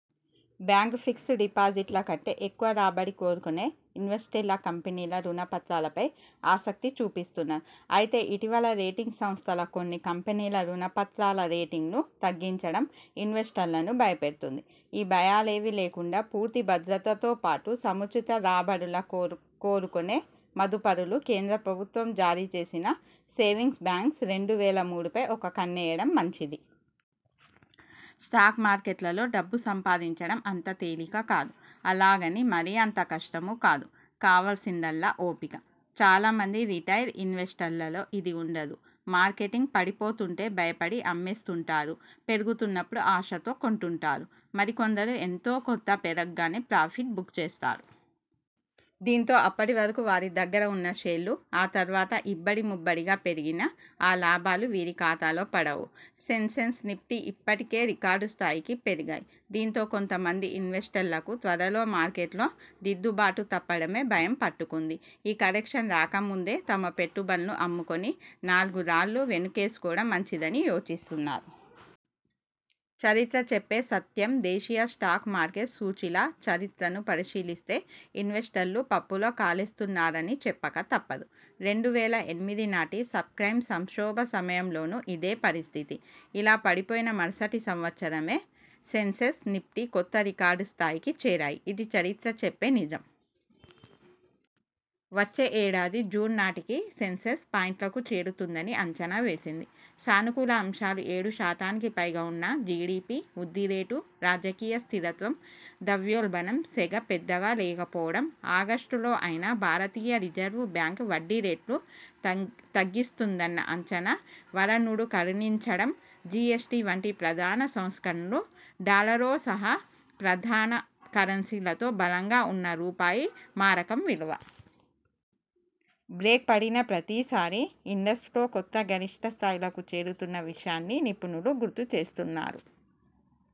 Bank fix డిపాజిట్ల కంటే ఎక్కువ రాబడి కోరుకునే ఇన్వెస్టర్ల కంపెనీల రుణ పత్రాలపై ఆసక్తి చూపిస్తున్నారు. అయితే ఇటీవల రేటింగ్ సంస్థలు కొన్ని కంపెనీల రుణ పత్రాల రేటింగ్ను తగ్గించటం ఇన్వెస్టర్లను భయపెడుతోంది. ఈ భయాలేవీ లేకుండా పూర్తి భద్రతతోపాటు సముచిత రాబడుల కోరుకు కోరుకునే మదుపరులు, కేంద్ర ప్రభుత్వం జారీ చేసిన 'సేవింగ్స్ బాండ్స్-రెండు వేల మూడుపై ఒక కన్నేయడం మంచిది. స్టాక్ మార్కెట్లలో డబ్బులు సంపాదించడం అంత తేలిక కాదు. అలాగని మరీ అంత కష్టమూ కాదు. కావాల్సిందల్లా ఓపిక. చాలా మంది రిటైల్ ఇన్వెస్టర్లలో ఇది ఉండదు. మార్కెట్ పడిపోతుంటే భయపడి అమ్మేస్తుంటారు. పెరుగుతున్నప్పుడు ఆశతో కొంటుంటారు. మరికొందరు ఎంతో కొంత పెరగ్గానే ప్రాఫిట్ బుక్ చేస్తారు. దీంతో అప్పటి వరకు వారి దగ్గర ఉన్న షేర్లు ఆ తర్వాత ఇబ్బడిముబ్బడిగా పెరిగినా, ఆ లాభాలు వీరి ఖాతాలో పడవు. సెన్సెక్స్, నిఫ్టీ ఇప్పటికే రికార్డు స్థాయికి పెరిగాయి. దీంతో కొంతమంది ఇన్వెస్టర్లకు త్వరలో మార్కెట్లో దిద్దుబాటు తప్పడమే భయం పట్టుకుంది. ఈ కరెక్షన్ రాక ముందే తమ పెట్టుబడులను అమ్ముకుని నాలుగు రాళ్లు వెనకేసుకోవడం మంచిదని యోచిస్తున్నారు. చరిత్ర చెప్పే సత్యందేశీయ స్టాక్ మార్కెట్ సూచీల చరిత్రను పరిశీలిస్తే ఇన్వెస్టర్లు పప్పులో కాలేస్తున్నారని చెప్పక తప్పదు. రెండు వేల ఎనిమిదినాటి సబ్ప్రైమ్ సంక్షోభ సమయంలోనూ ఇదే పరిస్థితి. ఇలా పడిపోయిన మరుసటి సంవత్సరమే సెన్సెక్స్, నిఫ్టీ కొత్త రికార్డు స్థాయిలకి చేరాయి. ఇది చరిత్ర చెప్పే నిజం. వచ్చే ఏడాది జూన్ నాటికి సెన్సెక్స్ పాయింట్లకు చేరుతుందని అంచనా వేసింది. సానుకూల అంశాలుఏడు శాతానికిపైగా ఉన్న జిడిపి వృద్ధి రేటు, రాజకీయ స్థిరత్వం, ద్రవ్యోల్బణం సెగ పెద్దగా లేకపోవడం, ఆగస్టులో అయినా భారతీయ రిజర్వ్ బ్యాంక్ వడ్డీ రేట్లు తగ్ తగ్గిస్తుందన్న అంచనా, వరుణుడు కరుణించడం, జిఎ్సటి వంటి ప్రధాన సంస్కరణలు, డాలర్తో సహా ప్రఽధాన కరెన్సీలతో బలంగా ఉన్న రూపాయి మారకం విలువ.. బ్రేక్ పడిన ప్రతిసారీ ఇండెక్స్లు కొత్త గరిష్ఠ స్థాయిలకు చేరుతున్న విషయాన్నీ నిపుణులు గుర్తు చేస్తున్నారు.